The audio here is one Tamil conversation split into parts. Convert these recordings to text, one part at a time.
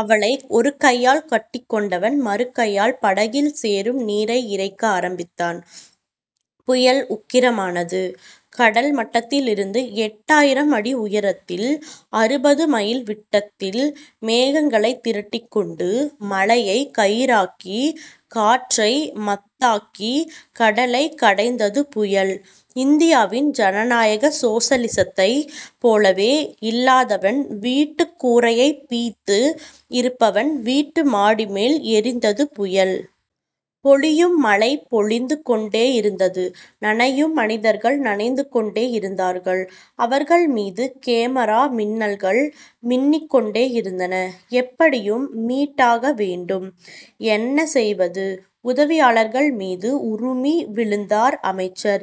அவளை ஒருகையால் கட்டிக்கொண்டவன், மறுகையால் படகில் சேரும் நீரை இறைக்க ஆரம்பித்தான். புயல் உக்கிரமானது. கடல் மட்டத்திலிருந்து எட்டாயிரம் அடி உயரத்தில் அறுபது மைல் விட்டத்தில் மேகங்களைத் திரட்டிக்கொண்டு, மழையைக் கயிறாக்கிக் காற்றை மத்தாக்கிக் கடலைக் கடைந்தது புயல்... இந்தியாவின் ஜனநாயக சோசலிசத்தைப் போலவே இல்லாதவன் வீட்டுக் கூரையைப் பிய்த்து இருப்பவன் வீட்டு மாடிமேல் எறிந்தது புயல். பொழியும் மழை பொழிந்து கொண்டேயிருந்தது. நனையும் மனிதர்கள் நனைந்து கொண்டேயிருந்தார்கள். அவர்கள்மீது கேமரா மின்னல்கள் மின்னிக் கொண்டேயிருந்தன. எப்படியும் மீட்டாகவேண்டும்... என்ன செய்வது? உதவியாளர்மீது உறுமி விழுந்தார் அமைச்சர்.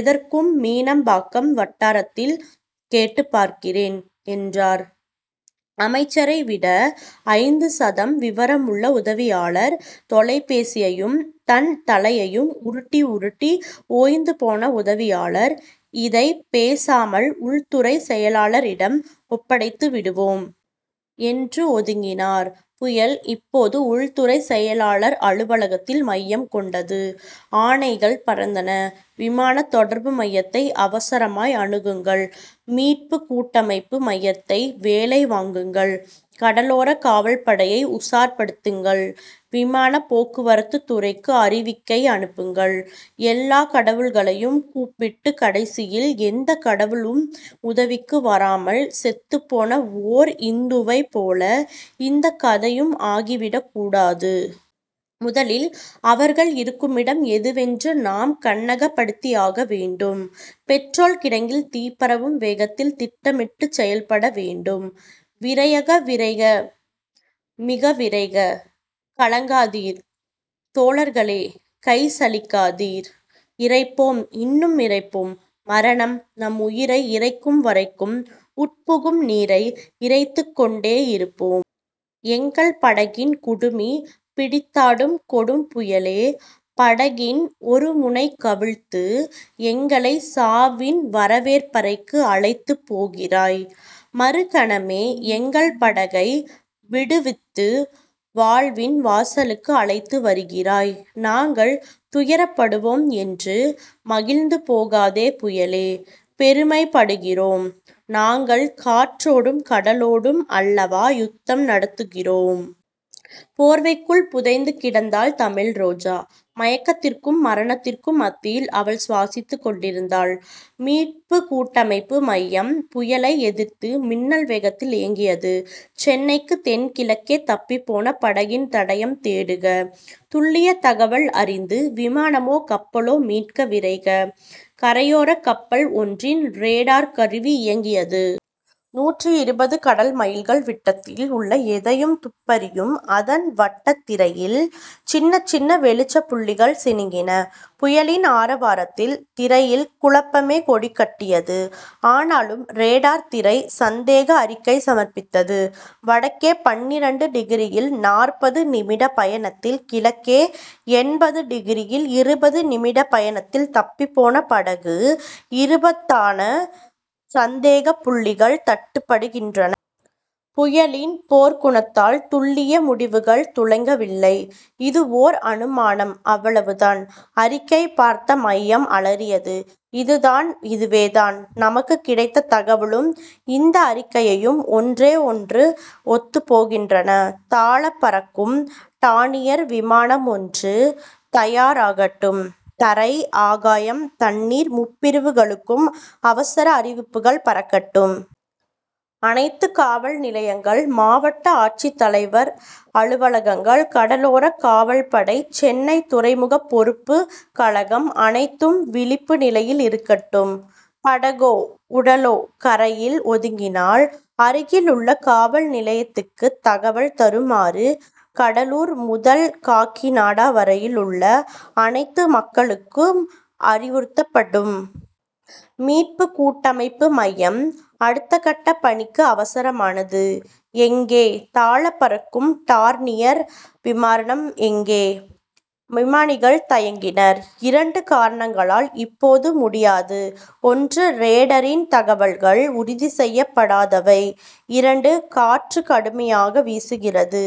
எதற்கும் மீனம்பாக்கம் வட்டாரத்தில் கேட்டுப் பார்க்கிறேன்... என்றார் அமைச்சரைவிட ஐந்து சதம் விவரமுள்ள உதவியாளர். தொலைபேசியையும் தன் தலையையும் உருட்டி உருட்டி ஓய்ந்துபோன உதவியாளர், இதைப் பேசாமல் உள்துறைச் செயலாளரிடம் ஒப்படைத்துவிடுவோம்... என்று ஒதுங்கினார். புயல், இப்போது உள்துறைச் செயலாளர் அலுவலகத்தில் மையம் கொண்டது. ஆணைகள் பறந்தன. விமானத் தொடர்பு மையத்தை அவசரமாய் அணுகுங்கள். மீட்புக் கூட்டமைப்பு மையத்தை வேலை வாங்குங்கள். கடலோரக் காவல்படையை உஷார்ப்படுத்துங்கள். விமானப் போக்குவரத்துத் துறைக்கு அறிவிக்கை அனுப்புங்கள். எல்லாக் கடவுளையும் கூப்பிட்டுக் கடைசியில் எந்தக் கடவுளும் உதவிக்கு வராமல் செத்துப் போன ஓர் இந்துவைப் போல இந்தக் கதையும் ஆகிவிடக் கூடாது. முதலில் அவர்கள் இருக்குமிடம் எதுவென்று நாம் கண்ணகப்படுத்தியாக வேண்டும். பெட்ரோல் கிடங்கில் தீ பரவும் வேகத்தில் திட்டமிட்டுச் செயல்படவேண்டும். விரைக விரைக மிக விரைக. கலங்காதீர் தோழர்களே. கை சலிக்காதீர். இறைப்போம் இன்னும் இறைப்போம். மரணம் நம் உயிரை இறைக்கும்வரைக்கும், உட்புகும் நீரை இறைத்துக் கொண்டேயிருப்போம். எங்கள் படகின் குடுமி பிடித்தாட்டும் கொடும்புயலே. படகின் ஒருமுனை கவிழ்த்து எங்களைச் சாவின் வரவேற்பறைக்கு அழைத்துப் போகிறாய். மறுகணமே எங்கள் படகை விடுவித்து, வாழ்வின் வாசலுக்கு அழைத்து வருகிறாய். நாங்கள் துயரப்படுவோம் என்று மகிழ்ந்து போகாதே புயலே. பெருமைப்படுகிறோம். நாங்கள் காற்றோடும் கடலோடும் அல்லவா யுத்தம் நடத்துகிறோம்? போர்வைக்குள் புதைந்து கிடந்தாள் தமிழ்ரோஜா. மயக்கத்திற்கும் மரணத்திற்கும் மத்தியில் அவள் சுவாசித்துக் கொண்டிருந்தாள். மீட்புக் கூட்டமைப்பு மையம் புயலை எதிர்த்து மின்னல் வேகத்தில் இயங்கியது. சென்னைக்குத் தென்கிழக்கே தப்பிப்போன படகின் தடயம் தேடுக. துல்லியத் தகவல் அறிந்து விமானமோ கப்பலோ மீட்க விரைக. கரையோரக் கப்பல் ஒன்றின் ரேடார் கருவி இயங்கியது. நூற்று இருபது கடல்மைல்கள் விட்டத்தில் உள்ள எதையும் துப்பறியும் அதன் வட்டத்திரையில் சின்னச் சின்ன வெளிச்சப் புள்ளிகள் சிணுங்கின. புயலின் ஆரவாரத்தில் திரையில் குழப்பமே கொடி கட்டியது. ஆனாலும் ரேடார் திரை சந்தேக அறிக்கை சமர்ப்பித்தது. வடக்கே பன்னிரண்டு டிகிரியில் நாற்பது நிமிடப் பயணத்தில், கிழக்கே எண்பது டிகிரியில் இருபது நிமிடப் பயணத்தில் தப்பிப்போன படகு இருப்பதான சந்தேகப்புள்ளிகள் தட்டுப்படுகின்றன. புயலின் போர்க்குணத்தால் துல்லிய முடிவுகள் துலங்கவில்லை. இது ஓர் அனுமானம் அவ்வளவுதான்... அறிக்கை பார்த்த மையம் அலறியது. இதுதான். இதுவேதான். நமக்குக் கிடைத்த தகவலும் இந்த அறிக்கையும் ஒன்றோடொன்று ஒத்துப் போகின்றன. தாழப் பறக்கும் டார்னியர் விமானமொன்று தயாராகட்டும். தரை ஆகாயம் தண்ணீர் முப்பிரிவுகளுக்கும் அவசர அறிவிப்புகள் பறக்கட்டும். அனைத்துக் காவல் நிலையங்கள், மாவட்ட ஆட்சித் தலைவர் அலுவலகங்கள், கடலோரக் காவல்படை, சென்னை துறைமுகப் பொறுப்புக் கழகம் அனைத்தும் விழிப்பு நிலையில் இருக்கட்டும் படகோ உடலோ கரையில் ஒதுங்கினால், அருகிலுள்ள காவல் நிலையத்துக்குத் தகவல் தருமாறு கடலூர் முதல் காக்கிநாடா வரையிலுள்ள அனைத்து மக்களும் அறிவுறுத்தப்படட்டும். மீட்புக் கூட்டமைப்பு மையம் அடுத்த கட்டப் பணிக்கு அவசரமானது. எங்கே? தாழப் பறக்கும் டார்னியர் விமானம் எங்கே? விமானிகள் தயங்கினர். இரண்டு காரணங்களால் இப்போது முடியாது ஒன்று ரேடரின் தகவல்கள் உறுதிசெய்யப்படாதவை. இரண்டு காற்று கடுமையாக வீசுகிறது.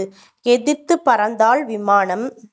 எதிர்த்துப் பறந்தால் விமானம்